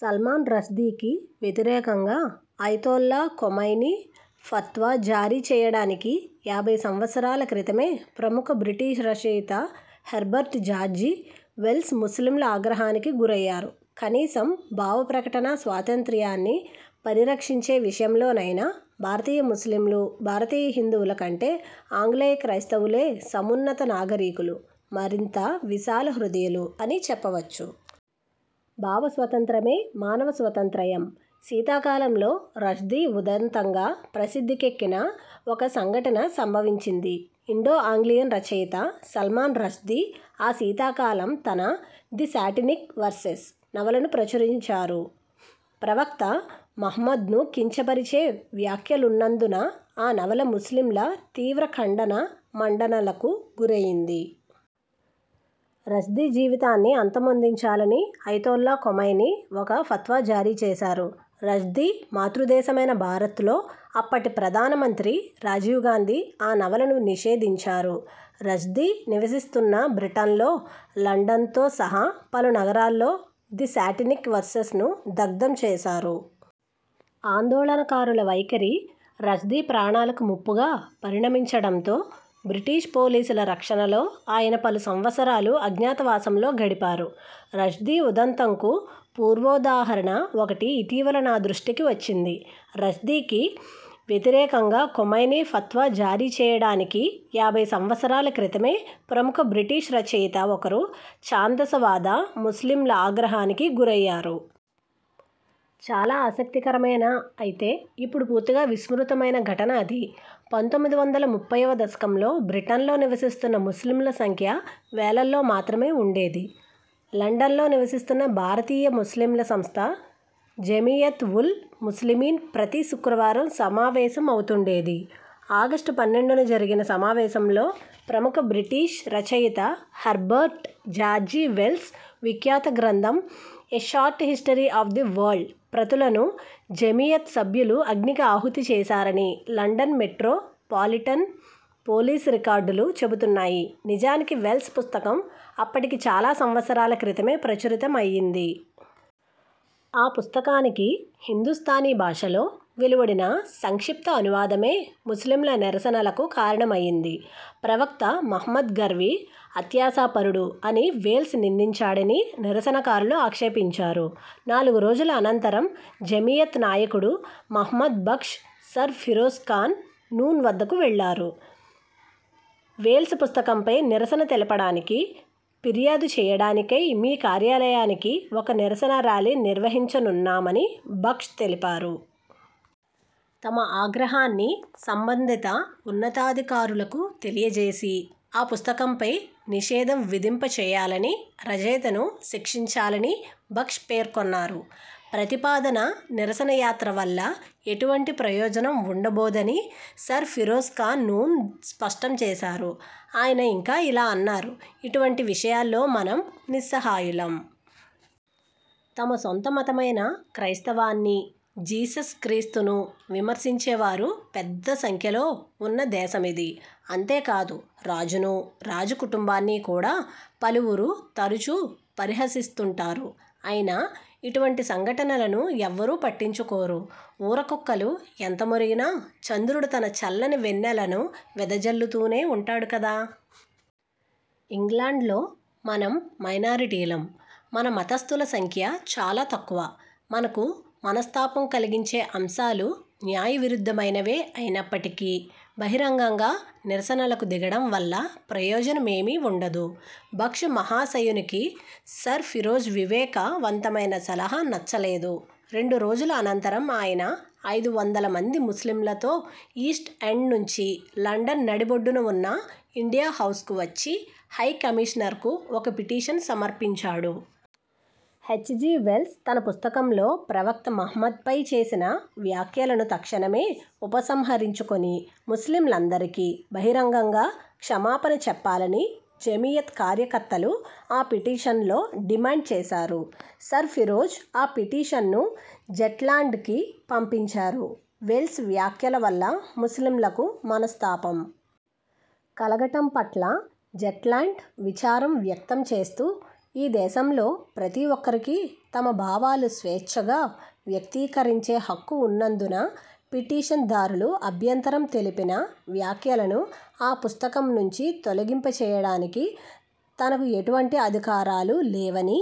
సల్మాన్ రష్దీకి వ్యతిరేకంగా Ayatollah Khomeini fatwa జారీ చేయడానికి యాభై సంవత్సరాల క్రితమే ప్రముఖ బ్రిటిష్ రచయిత హెర్బర్ట్ జార్జి వెల్స్ ముస్లింల ఆగ్రహానికి గురయ్యారు. కనీసం భావ ప్రకటనా స్వాతంత్రయాన్ని పరిరక్షించే విషయంలో నైనా భారతీయ ముస్లింలు, భారతీయ హిందువుల కంటే ఆంగ్లేయ క్రైస్తవులే సమున్నత నాగరీకులూ, మరింత విశాల హృదయులూ అని చెప్పవచ్చు. భావ స్వాతంత్రమే మానవ స్వాతంత్రయం. శీతాకాలంలో, 'రష్దీ ఉదంతం'గా ప్రసిద్ధి కెక్కిన ఒక సంఘటన సంభవించింది ఇండో ఆంగ్లియన్ రచయిత సల్మాన్ రష్దీ ఆ శీతాకాలం తన 'ది శాటానిక్ వెర్సెస్' నవలను ప్రచురించారు. ప్రవక్త మహ్మద్ను కించ పరిచే వ్యాఖ్యలున్నందున ఆ నవల ముస్లింల తీవ్ర ఖండన మండనలకు గుర యింది. రష్దీ జీవితాన్ని అంత మొందించాలని అయతొల్లా ఖొమైనీ ఒక ఫత్వా జారీ చేశారు. రష్దీ మాతృదేశమైన భారత్లో, అప్పటి ప్రధాన మంత్రి రాజీవ్ గాంధీ ఆ నవలను నిషేధించారు. రష్దీ నివసిస్తున్న బ్రిటన్లో, లండన్తో సహా పలు నగరాల్లో 'ది శాటానిక్ వెర్సెస్'ను దగ్ధం చేశారు. ఆందోళనకారుల వైఖరి రష్దీ ప్రాణాలకు ముప్పుగా పరిణమించడంతో, బ్రిటిష్ పోలీసుల రక్షణలో ఆయన పలు సంవత్సరాలు అజ్ఞాత వాసంలో గడిపారు. 'రష్దీ ఉదంతం'కు పూర్వోదాహరణ ఒకటి ఇటీవల నా దృష్టికి వచ్చింది. రష్దీకి వ్యతిరేకంగా ఖొమైనీ ఫత్వా జారీ చేయడానికి యాభై సంవత్సరాల క్రితమే ప్రముఖ బ్రిటిష్ రచయిత ఒకరు ఛాందస వాద ముస్లింల ఆగ్రహానికి గురయ్యారు. చాలా ఆసక్తి కరమైన, అయితే ఇప్పుడు పూర్తిగా విస్మృతమైన ఘటన అది. పంతొమ్మిది వందల ముప్పైవ దశకంలో బ్రిటన్లో నివసిస్తున్న ముస్లింల సంఖ్య వేలల్లో మాత్రమే వుండేది లండన్లో నివసిస్తున్న భారతీయ ముస్లింల సంస్థ జమీయత్ ఉల్ ముస్లిమీన్ ప్రతి శుక్రవారం సమావేశమవుతుండేది. ఆగస్టు పన్నెండున జరిగిన సమావేశంలో, ప్రముఖ బ్రిటిష్ రచయిత హెర్బర్ట్ జార్జి వెల్స్ విఖ్యాత గ్రంథం 'a short history of the world' ప్రతులను జమీయత్ సభ్యులు అగ్నికి ఆహుతి చేశారని లండన్ మెట్రో పాలిటన్ పోలీసు రికార్డులు చెబుతున్నాయి నిజానికి వెల్స్ పుస్తకం అప్పటికి చాలా సంవత్సరాల క్రితమే ప్రచురిత మయింది. ఆ పుస్తకానికి హిందుస్థానీ భాషలో వెలువడిన సంక్షిప్త అనువాదమే ముస్లింల నిరసనలకు కారణమయింది. ప్రవక్త మహమ్మద్ గర్వి, అత్యాశాపరుడు అని వెల్స్ నిందించాడని నిరసనకారులు ఆక్షేపించారు. నాలుగు రోజుల అనంతరం జమీయత్ నాయకుడు మొహమ్మద్ బక్ష్ సర్ ఫిరోజ్ఖాన్ నూన్ వద్దకు వెళ్ళారు. వేల్స్ పుస్తకంపై నిరసన తెలుపడానికి, ఫిర్యాదు చేయడాని కై మీ కార్యాలయానికి ఒక నిరసన ర్యాలీ నిర్వహించనున్నామని బక్ష్ తెలిపారు. తమ ఆగ్రహాన్ని సంబంధిత ఉన్నతాధికారులకు తెలియ జేసి, ఆ పుస్తకంపై నిషేధం విధింప చేయాలని, రచయితను శిక్షించాలని బక్ష్ పేర్కొన్నారు. 'ప్రతిపాదనా నిరసన యాత్ర వల్ల ఎటువంటి ప్రయోజనం వుండబోదని' సర్ ఫిరోజ్ ఖాన్ నూన్ స్పష్టం చేశారు. ఆయన ఇంకా ఇలా అన్నారు ఇటువంటి విషయాల్లో మనం నిస్సహాయులం. తమ సొంత మతమైన క్రైస్తవాన్ని, జీసస్ క్రీస్తును విమర్శించే వారు పెద్ద సంఖ్యలో వున్న దేశమిది. అంతేకాదు, రాజును, రాజ కుటుంబాన్ని కూడా పలువురు తరచూ పరిహసిస్తుంటారు. అయినా ఇటువంటి సంఘటలను ఎవ్వరూ పట్టించుకోరు. ఊర కుక్కలు ఎంత మొరిగినా చంద్రుడు తన చల్లని వెన్నెలను వెద జల్లుతూనే వుంటాడు కదా. ఇంగ్లాండ్లో మనం మైనారిటీలం. మన మతస్థుల సంఖ్య చాలా తక్కువ. మనకు మనస్తాపం కలిగించే అంశాలు న్యాయ విరుద్ధమైనవే అయినప్పటికీ బహిరంగంగా నిరసనలకు దిగడం వల్ల ప్రయోజన మేమీ వుండదు. బక్ష్ మహాశయునికి సర్ ఫిరోజ్ వివేక వంతమైన సలహా నచ్చలేదు. రెండు రోజుల అనంతరం ఆయన, ఐదు వందల మంది ముస్లింలతో ఈస్ట్ ఎండ్ నుంచి లండన్ నడి బొడ్డున వున్న ఇండియా హౌజ్కు వచ్చి హై కమిషనర్కు ఒక పిటీషన్ సమర్పించాడు. హెచ్. జి. వెల్స్ తన పుస్తకంలో ప్రవక్త మహమ్మద్పై చేసిన వ్యాఖ్యలను తక్షణమే ఉపసంహరించుకొని, ముస్లింలందరికీ బహిరంగంగా క్షమాపణ చెప్పాలని జమీయత్ కార్యకర్తలు ఆ పిటీషన్లో డిమాండ్ చేశారు. సర్ ఫిరోజ్ ఆ పిటీషన్ను జెట్లాండ్ కి పంపించారు. వెల్స్ వ్యాఖ్యల వల్ల ముస్లింలకు మనస్తాపం కలగడం పట్ల జెట్లాండ్ విచారం వ్యక్తం చేస్తూ ఈ దేశంలో ప్రతి ఒక్కరికీ తమ భావాలు స్వేచ్ఛగా వ్యక్తీకరించే హక్కు వున్నందున, పిటిషన్ దారులు అభ్యంతరం తెలిపిన వ్యాఖ్యలను ఆ పుస్తకం నుంచి తొలగింప జేయడానికి తనకు ఎటువంటి అధికారాలు లేవని